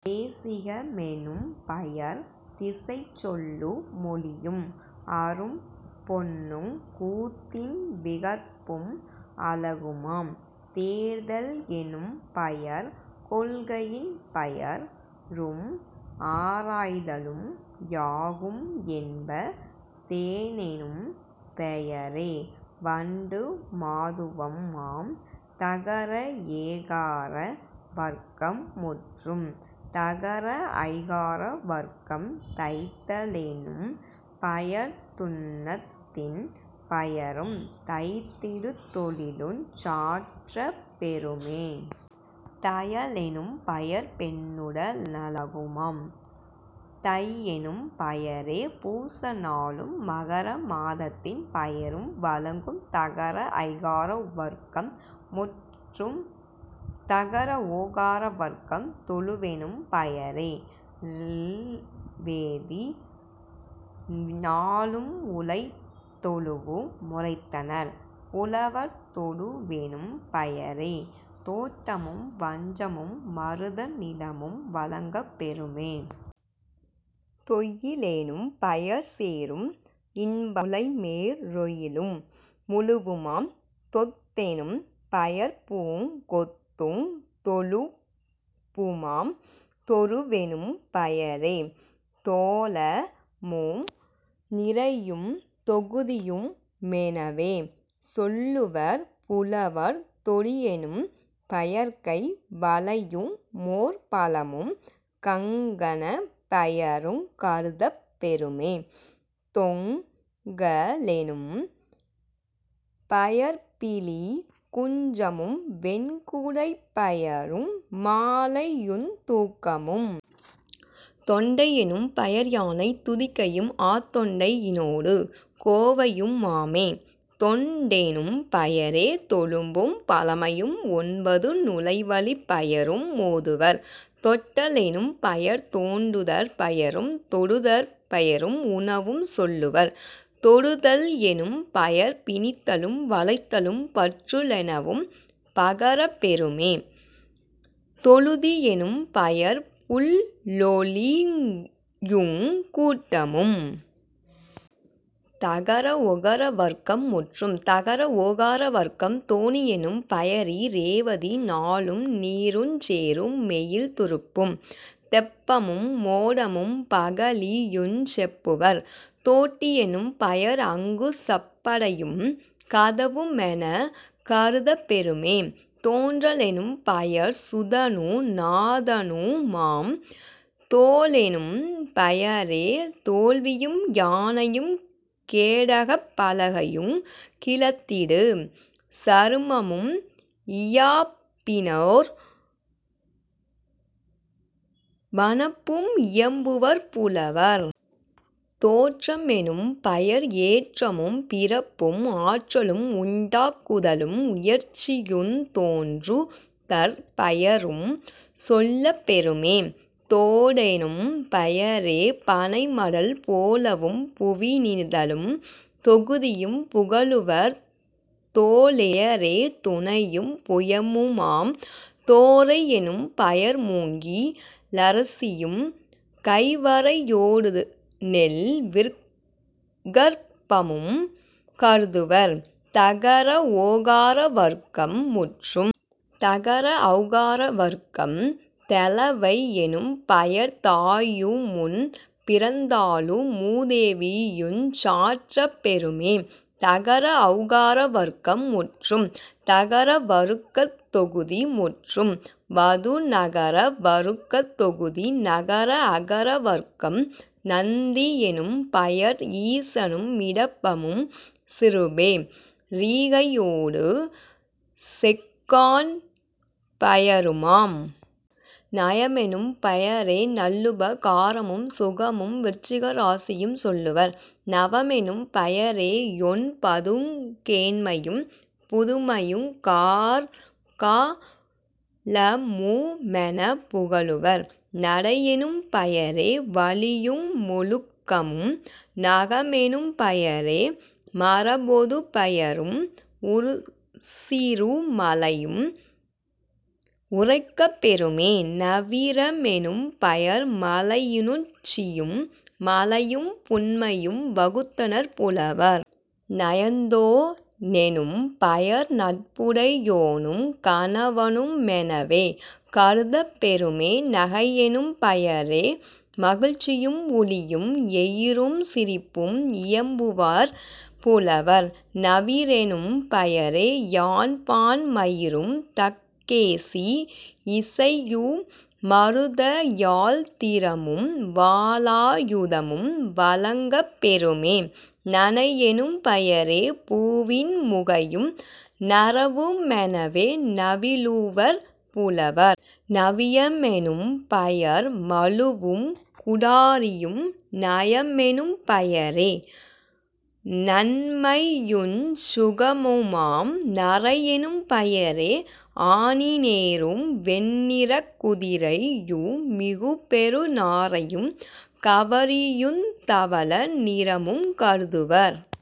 தேசிக மெனும்பெயர் திசைச்சொல்லு மொளியும் அரும் பொன்னுங் கூத்தின் விகற்பும் அழகுமாம்..... தேர்தல் எனும்பெயர் கொள்கையின் பெயரும் ஆராய் தலுமே யாகும் என்ப..... தேனெனும் பெயரே வண்டு மதுவுமாம்..... தகர ஏகார வருக்கம் முற்றும். தகர ஐகார வருக்கம் தைத்த லெனும்பெயர் துன்னத்தின் பெயரும் தைத்திடு தொழிலுஞ் சாற்றப் பெறுமே..... தைய லெனும்பெயர் பெண்ணுட னழகுமாம்..... தையெனும் பெயரே பூச நாளும் மகர மாதத்தின் பெயரும் வழங்கும்..... தகர ஐகார வருக்கம் முற்றும். தகர ஒகர வருக்கம் தொழுவெனும் பெயரே யிரேவதி நாளும் உழலைத் தொழுவு முரைத்தனர் புலவர்..... தொடுவெனும் பெயரே தோட்டமும் வஞ்சமும் மருத நிலமும் வழங்கப் பெறுமே..... தொய்யி லெனும்பெயர் சேறும் இன்பமும் துயிரு முலைமேற் றொய்யிலு முழுவுமாம்..... தொத்தெனும் பெயர்பூங் கொத்துந் தொழும்புமாம்.... தொறுவெனும் பெயரே தோழமு நிரையும் தொகுதியு மெனவே சொல்லுவர் புலவர்..... தொடியெனும் பெயர்கை வளையு மோர்பலமும் கங்கணப் பெயருங் கருதப் பெறுமே..... தொங்க லெனும் பெயர்பீலிக் குஞ்சமும் வெண்குடைப் பெயரு மாலையுந் தூக்கமும்..... தொண்டை யெனும்பெயர் யானைத் துதிக்கையும் ஆதொண்டை யினொடு கோவையு மாமே..... தொண்டெனும் பெயரே தொழும்பும் பழமையும் ஒன்பது நுழைவழிப் பெயரு மோதுவர்..... தொட்ட லெனும்பெயர் தோண்டுதற் பெயரும் தொடுதற் பெயரும் உணவும் சொல்லுவர்..... தொடுத்தல் எனும்பெயர் பிணித்தலும் வளைத்தலும் பற்றுத லெனவும் பகரப் பெறுமே..... தொழுதி யெனும்பெயர் புள்ளொலியுங் கூட்டமும்....। தகர ஒகர வருக்கம் முற்றும். தகர ஓகார வருக்கம் தோணி யெனும்பெயரி ரேவதி நாளும் நீருஞ் சேறு மெயில துறுப்பும் தெப்பமு மோடமும் பகழியுஞ் செப்புவர்..... தோட்டி யெனும்பெயர் அங்குசப் படையும் கதவு மென கருதப் பெறுமே..... தோன்ற லெனும்பெயர் சுதனு நாதனுமாம்..... தோலெனும் பெயரே தோல்வியும் யானையும் கேடகப் பலகையுங் கிளத்திடு சருமமும் இயாப்பினோர் வனப்பும் இயம்புவர் புலவர்..... தோற்ற மெனும்பெயர் ஏற்றமும் பிறப்பும் ஆற்றலும் உண்டாக் குதலும் உயர்ச்சியுந் தோன்றுதற் பெயரும் சொல்லப் பெறுமே..... தோடெனும் பெயரே பனைமடல் போலவும் பூவி னிதழும் தொகுதியும் புகலுவர்..... தோளெனும் பெயரே துணையும் புயமுமாம்..... தோரை யெனும்பெயர் மூங்கி லரிசியும் கைவரை யோடுநெல் விகற்பமும் கருதுவர்..... தகர ஓகார வருக்கம் முற்றும். தகர ஒளகார வருக்கம் தெளவை யெனும்பெயர் தாயுமுன் பிறந்தாளு மூதேவியுஞ் சாற்றப் பெறுமே..... தகர ஒளகார வருக்கம் முற்றும். தகர வருக்கத் தொகுதி முற்றும். வது நகர வருக்கத் தொகுதி நகர அகர வருக்கம் நந்தி யெனும் பெயர் ஈசனு மிடபமும் சிறுபே ரிகையொடு செக்கான் பெயருமாம்..... நலமெனும் பெயரே நல்லுப காரமும் சுகமும் விருச்சிக ராசியும் சொல்லுவர்..... நவமெனும் பெயரே யொன்பதுங் கேண்மையும் புதுமையுங் கார்கா லமுமெனப் புகலுவர்..... நடையெனும் பெயரே வழியு மொழுக்கமும்..... நகமெனும் பெயரே மரப்பொதுப் பெயரும் உசிரு மலையும் உரைக்கப் பெறுமே..... நவிர மெனும்பெயர் மலையி னுச்சியும் மலையும் புன்மையும் வகுத்தனர் புலவர்..... நயந்தோ னெனும்பெயர் நட்புடை யோனும் கணவனு மெனவே கருதப் பெறுமே..... நகையெனும் பெயரே மகிழ்ச்சியும் ஒளியும் எயிறும் சிரிப்பும் இயம்புவர் புலவர்..... நவிரெனும் பெயரே யாண்பான் மயிரும் தக்கேசி யிசையு மருதயாழ்த் திறமும் வாளா யுதமும் வழங்கப் பெறுமே..... நனையெனும் பெயரே பூவின் முகையும் நறவு மெனவே நவிலுவர் புலவர்..... நவிய மெனும்பெயர் மழுவும் குடாரியும்..... நயமெனும் பெயரே நன்மையுஞ் சுகமுமாம்..... நரையெனும் பெயரே ஆனி னேறும் வெண்ணிறக் குதிரையு மிகுபெறு நாரையும் கவரியுந் தவள நிறமும் கருதுவர்.